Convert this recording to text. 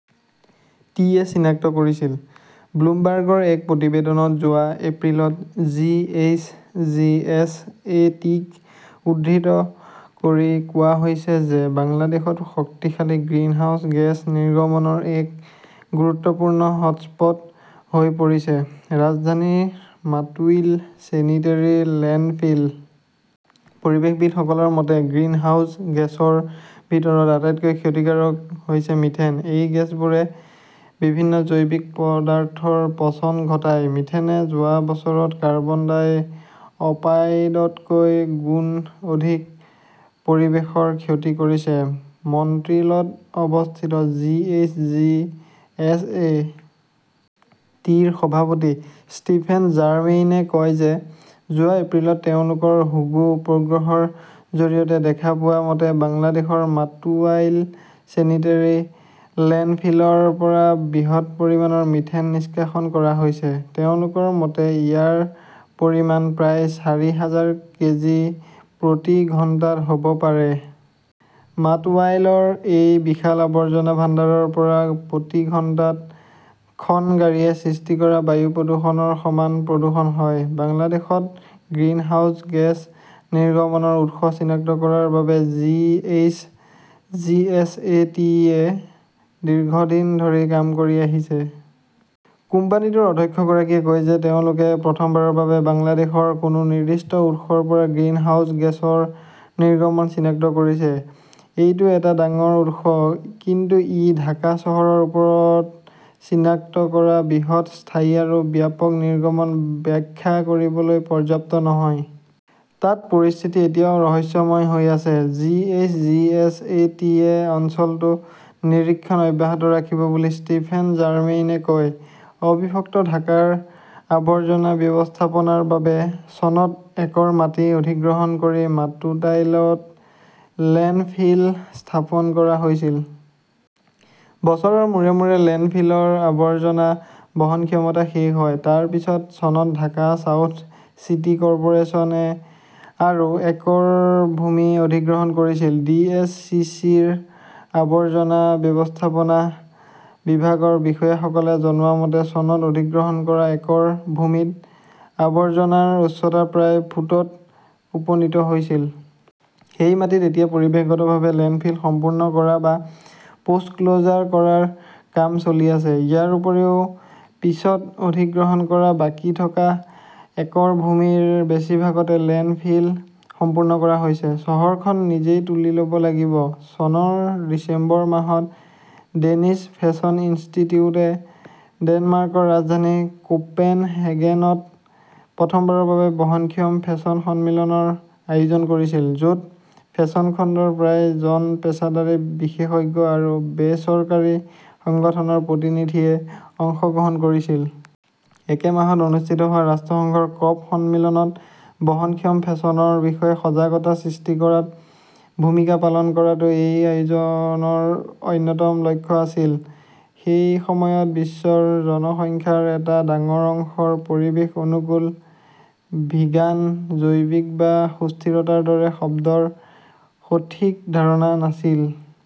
T. য়ে চিনাক্ত কৰিছিল। ব্লুমবাৰ্গৰ এক প্ৰতিবেদনত যোৱা এপ্ৰিলত G. H. G. S. A. T. -ক উদ্ধৃত কৰি কোৱা হৈছে যে বাংলাদেশত শক্তিশালী গ্ৰীণহাউছ গেছ নিৰ্গমনৰ এক গুৰুত্বপূৰ্ণ হটস্পট হৈ পৰিছে ৰাজধানীৰ মাটুইল ছেনিটেৰী লেণ্ডফিল। পৰিৱেশবিদসকলৰ মতে, গ্ৰিনহাউজ গেছৰ ভিতৰত আটাইতকৈ ক্ষতিকাৰক হৈছে মিথেন। এই গেছবোৰে বিভিন্ন জৈৱিক পদাৰ্থৰ পচন ঘটায়। মিথেনে যোৱা বছৰত কাৰ্বন ডাই-অপাইডতকৈ গুণ অধিক পৰিৱেশৰ ক্ষতি কৰিছে। মণ্ট্ৰিলত অৱস্থিত G. H. G. S. A. T. -ৰ সভাপতি ষ্টিফেন জাৰ্মেইনে কয় যে যোৱা এপ্ৰিলত তেওঁলোকৰ হুগো উপগ্ৰহৰ জৰিয়তে দেখা পোৱা মতে বাংলাদেশৰ মাটুৱাইল ছেনিটেৰী লেণ্ডফিলৰ পৰা বৃহৎ পৰিমাণৰ মিথেন নিষ্কাশন কৰা হৈছে। তেওঁলোকৰ মতে, ইয়াৰ পৰিমাণ প্ৰায় চাৰি হাজাৰ কেজি প্ৰতি ঘণ্টাত হ 'ব পাৰে। মাটৱাইলৰ এই বিশাল আৱৰ্জনা ভাণ্ডাৰৰ পৰা প্ৰতি ঘণ্টাত, খন গাড়ীয়ে সৃষ্টি কৰা বায়ু প্ৰদূষণৰ সমান প্ৰদূষণ হয়। বাংলাদেশত গ্ৰিনহাউজ গেছ নিৰ্গমনৰ উৎস চিনাক্ত কৰাৰ বাবে G. H. G. S. A. T. -য়ে দীৰ্ঘদিন ধৰি কাম কৰি আহিছে। কোম্পানীটোৰ অধ্যক্ষগৰাকীয়ে কয় যে তেওঁলোকে প্ৰথমবাৰৰ বাবে বাংলাদেশৰ কোনো নিৰ্দিষ্ট উৎসৰ পৰা গ্ৰিনহাউজ গেছৰ নিৰ্গমন চিনাক্ত কৰিছে। এইটো এটা ডাঙৰ উৎস, কিন্তু ই ঢাকা চহৰৰ ওপৰত চিনাক্ত কৰা বৃহৎ, স্থায়ী আৰু ব্যাপক নিৰ্গমন ব্যাখ্যা কৰিবলৈ পৰ্যাপ্ত নহয়। তাত পৰিস্থিতি এতিয়াও ৰহস্যময় হৈ আছে। G. H. G. S. A. T. -য়ে অঞ্চলটো নিৰীক্ষণ অব্যাহত ৰাখিব বুলি ষ্টিফেন জাৰ্মেইনে কয়। অবিভক্ত ঢাকাৰ আৱৰ্জনা ব্যৱস্থাপনাৰ বাবে চনত একৰ মাটি অধিগ্ৰহণ কৰি মাটুতাইলত লেণ্ডফিল স্থাপন কৰা হৈছিল। বছৰৰ মূৰে মূৰে লেণ্ডফিলৰ আৱৰ্জনা বহনক্ষমতা শেষ হয়। তাৰ পিছত চনত ঢাকা চাউথ চিটি কৰ্পোৰেচন -এ আৰু একৰ ভূমি অধিগ্ৰহণ কৰিছিল। ডি. এছ. চি. চি. -ৰ আৱৰ্জনা ব্যৱস্থাপনা বিভাগৰ বিষয়াসকলে জনোৱা মতে চনত অধিগ্ৰহণ কৰা একৰ ভূমিত আৱৰ্জনাৰ উচ্চতা প্ৰায় ফুটত উপনীত হৈছিল। সেই মাটিত এতিয়া পৰিৱেশগতভাৱে লেণ্ডফিল সম্পূৰ্ণ কৰা বা পোষ্টক্লজাৰ কৰাৰ কাম চলি আছে। ইয়াৰ উপৰিও পিছত অধিগ্ৰহণ কৰা বাকী থকা একৰ ভূমিৰ বেছিভাগতে লেণ্ডফিল সম্পূৰ্ণ কৰা হৈছে। চহৰখন নিজেই তুলি ল'ব লাগিব। চনৰ ডিচেম্বৰ মাহত ডেনিছ ফেশ্বন ইনষ্টিটিউট-এ ডেনমাৰ্কৰ ৰাজধানী কোপেন হেগেনত প্ৰথমবাৰৰ বাবে বহনক্ষম ফেশ্বন সন্মিলনৰ আয়োজন কৰিছিল; য'ত ফেশ্বন খণ্ডৰ প্ৰায় জন পেছাদাৰী, বিশেষজ্ঞ আৰু বেচৰকাৰী সংগঠনৰ প্ৰতিনিধিয়ে অংশগ্ৰহণ কৰিছিল। একে মাহত অনুষ্ঠিত হোৱা ৰাষ্ট্ৰসংঘৰ কপ- সন্মিলনত বহনক্ষম ফেশ্বনৰ বিষয়ে সজাগতা সৃষ্টি কৰাত ভূমিকা পালন কৰাটো এই আয়োজনৰ অন্যতম লক্ষ্য আছিল। সেই সময়ত বিশ্বৰ জনসংখ্যাৰ এটা ডাঙৰ অংশৰ পৰিৱেশ-অনুকূল, ভিগান, জৈৱিক বা সুস্থিৰতাৰ দৰে শব্দৰ সঠিক ধাৰণা নাছিল।